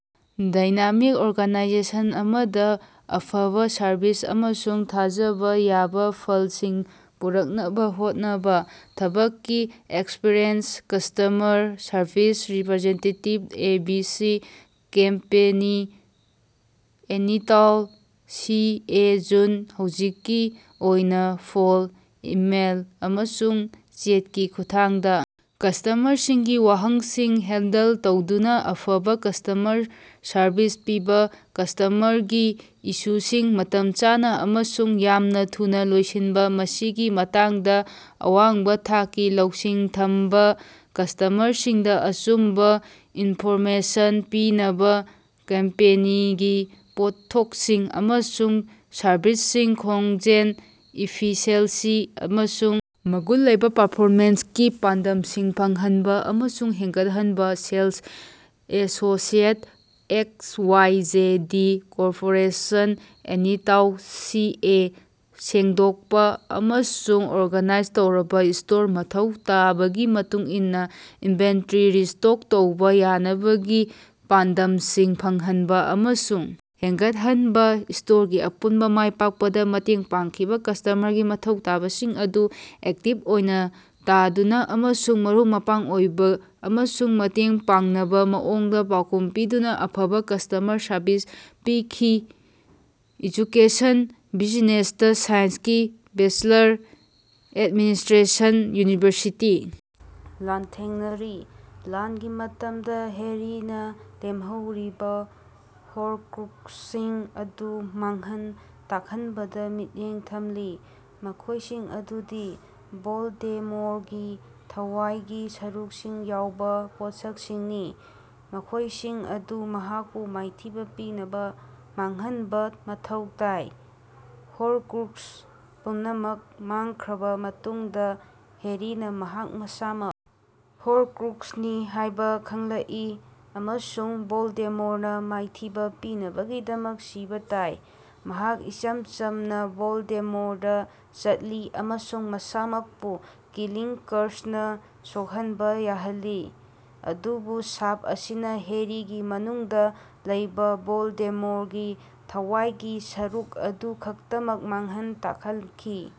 Dynamic organization ꯑꯃꯗ ꯑꯐꯕ service ꯑꯃꯁꯨꯡ ꯊꯥꯖꯕ ꯌꯥꯕ ꯐꯜꯁꯤꯡ ꯄꯨꯔꯛꯅꯕ ꯍꯣꯠꯅꯕ꯫ ꯊꯕꯛꯀꯤ experience - customer service representative A B C company, Anytown, C A June – ꯍꯧꯖꯤꯛꯀꯤ ꯑꯣꯏꯅ ꯐꯣꯟ, ꯏꯃꯦꯏꯜ, ꯑꯃꯁꯨꯡ ꯆꯦꯠꯀꯤ ꯈꯨꯠꯊꯥꯡꯗ ꯀꯁ꯭ꯇꯃꯔꯁꯤꯡꯒꯤ ꯋꯥꯍꯪꯁꯤꯡ ꯍꯦꯟꯗꯜ ꯇꯧꯗꯨꯅ ꯑꯐꯕ ꯀꯁ꯭ꯇꯃꯔ ꯁꯔꯚꯤꯁ ꯄꯤꯕ ꯀꯁ꯭ꯇꯃꯔꯒꯤ ꯏꯁꯨꯁꯤꯡ ꯃꯇꯝ ꯆꯥꯅ ꯑꯃꯁꯨꯡ ꯌꯥꯝꯅ ꯊꯨꯅ ꯂꯣꯏꯁꯤꯟꯕ ꯃꯁꯤꯒꯤ ꯃꯇꯥꯡꯗ ꯑꯋꯥꯡꯕ ꯊꯥꯛꯀꯤ ꯂꯧꯁꯤꯡ ꯊꯝꯕ꯫ ꯀꯁ꯭ꯇꯃꯔꯁꯤꯡꯗ ꯑꯆꯨꯝꯕ ꯏꯟꯐꯣꯔꯃꯦꯁꯟ ꯄꯤꯅꯕ ꯀꯝꯄꯦꯅꯤꯒꯤ ꯄꯣꯠꯊꯣꯛꯁꯤꯡ ꯑꯃꯁꯨꯡ ꯁꯔꯕꯤꯁꯁꯤꯡ ꯈꯣꯡꯖꯦꯜ, ꯏꯐꯤꯁꯤꯑꯦꯟꯁꯤ, ꯑꯃꯁꯨꯡ ꯃꯒꯨꯟ ꯂꯩꯕ ꯄꯔꯐꯣꯃꯦꯟꯁꯀꯤ ꯄꯥꯟꯗꯝꯁꯤꯡ ꯐꯪꯍꯟꯕ ꯑꯃꯁꯨꯡ ꯍꯦꯟꯒꯠꯍꯟꯕ sales associate X Y J D corporation, Anytown, C A ꯁꯦꯡꯗꯣꯛꯄ ꯑꯃꯁꯨꯡ ꯑꯣꯔꯒꯅꯥꯏꯖ ꯇꯧꯔꯕ ꯁ꯭ꯇꯣꯔ, ꯃꯊꯧ ꯇꯥꯕꯒꯤ ꯃꯇꯨꯡ ꯏꯟꯅ ꯏꯟꯚꯦꯟꯇꯔꯤ ꯔꯤꯁ꯭ꯇꯣꯛ ꯇꯧꯕ ꯌꯣꯟꯕꯒꯤ ꯄꯥꯟꯗꯝꯁꯤꯡ ꯐꯪꯍꯟꯕ ꯑꯃꯁꯨꯡ ꯍꯦꯟꯒꯠꯍꯟꯕ, ꯁ꯭ꯇꯣꯔꯒꯤ ꯑꯄꯨꯟꯕ ꯃꯥꯏꯄꯥꯛꯄꯗ ꯃꯇꯦꯡ ꯄꯥꯡꯈꯤꯕ ꯀꯁ꯭ꯇꯃꯔꯒꯤ ꯃꯊꯧ ꯇꯥꯕꯁꯤꯡ ꯑꯗꯨ ꯑꯦꯛꯇꯤꯕ ꯑꯣꯏꯅ‌ ꯇꯥꯗꯨꯅ ꯑꯃꯁꯨꯡ ꯃꯔꯨꯞ-ꯃꯄꯥꯡ ꯑꯣꯏꯕ ꯑꯃꯁꯨꯡ ꯃꯇꯦꯡ ꯄꯥꯡꯅꯕ ꯃꯑꯣꯡꯗ ꯄꯥꯎꯈꯨꯝ ꯄꯤꯗꯨꯅ ꯑꯐꯕ ꯀꯁ꯭ꯇꯃꯔ ꯁꯔꯕꯤꯁ ꯄꯤꯈꯤ ꯑꯦꯖꯨꯀꯦꯁꯟ - ꯕꯤꯖꯤꯅꯦꯁꯇꯥ ꯁꯥꯏꯟꯁꯀꯤ ꯕꯦꯆꯦꯂꯔ꯫ Administration university ꯂꯥꯟꯊꯦꯡꯅꯔꯤ꯫ ꯂꯥꯟꯒꯤ ꯃꯇꯝꯗ ꯍꯦꯔꯤꯅ ꯂꯦꯝꯍꯧꯔꯤꯕ ꯍꯣꯔꯀ꯭ꯔꯨꯛꯁꯁꯤꯡ ꯑꯗꯨ ꯃꯥꯡꯍꯟ ꯇꯥꯛꯍꯟꯕꯗ ꯃꯤꯠꯌꯦꯡ ꯊꯝꯂꯤ, ꯃꯈꯣꯏꯁꯤꯡ ꯑꯗꯨꯗꯤ ꯚꯣꯜꯗꯦꯃꯣꯔꯒꯤ ꯊꯋꯥꯏꯒꯤ ꯁꯔꯨꯛꯁꯤꯡ ꯌꯥꯎꯕ ꯄꯣꯠꯁꯛꯁꯤꯡꯅꯤ, ꯃꯈꯣꯏꯁꯤꯡ ꯑꯗꯨ ꯃꯍꯥꯛꯄꯨ ꯃꯥꯏꯊꯤꯕ ꯄꯤꯅꯕ ꯃꯥꯡꯍꯟꯕ ꯃꯊꯧ ꯇꯥꯏ꯫ ꯍꯣꯔꯀ꯭ꯔꯨꯛꯁ ꯄꯨꯝꯅꯃꯛ ꯃꯥꯡꯈ꯭ꯔꯕ ꯃꯇꯨꯡꯗ, ꯍꯦꯔꯤꯅ ꯃꯍꯥꯛ ꯃꯁꯥꯃꯛ ꯍꯣꯔꯀ꯭ꯔꯨꯛꯁꯅꯤ ꯍꯥꯏꯕ ꯈꯪꯂꯛꯏ, ꯑꯃꯁꯨꯡ ꯚꯣꯜꯗꯦꯃꯣꯔꯅ ꯃꯥꯏꯊꯤꯕ ꯄꯤꯅꯕꯒꯤꯗꯃꯛ ꯁꯤꯕ ꯇꯥꯏ꯫ ꯃꯍꯥꯛ ꯏꯆꯝ ꯆꯝꯅ ꯚꯣꯜꯗꯦꯃꯣꯔꯗ ꯆꯠꯂꯤ ꯑꯃꯁꯨꯡ ꯃꯁꯥꯃꯛꯄꯨ ꯀꯤꯂꯤꯡ ꯀꯔꯁꯅꯥ ꯁꯣꯛꯍꯟꯕ ꯌꯥꯍꯜꯂꯤ꯫ ꯑꯗꯨꯕꯨ ꯁꯥꯞ ꯑꯁꯤꯅ ꯍꯦꯔꯤꯒꯤ ꯃꯅꯨꯡꯗ ꯂꯩꯕ ꯚꯣꯜꯗꯦꯃꯣꯔꯒꯤ ꯊꯋꯥꯏꯒꯤ ꯁꯔꯨꯛ ꯑꯗꯨ ꯈꯛꯇꯃꯛ ꯃꯥꯡꯍꯟ ꯇꯥꯛꯍꯟꯈꯤ,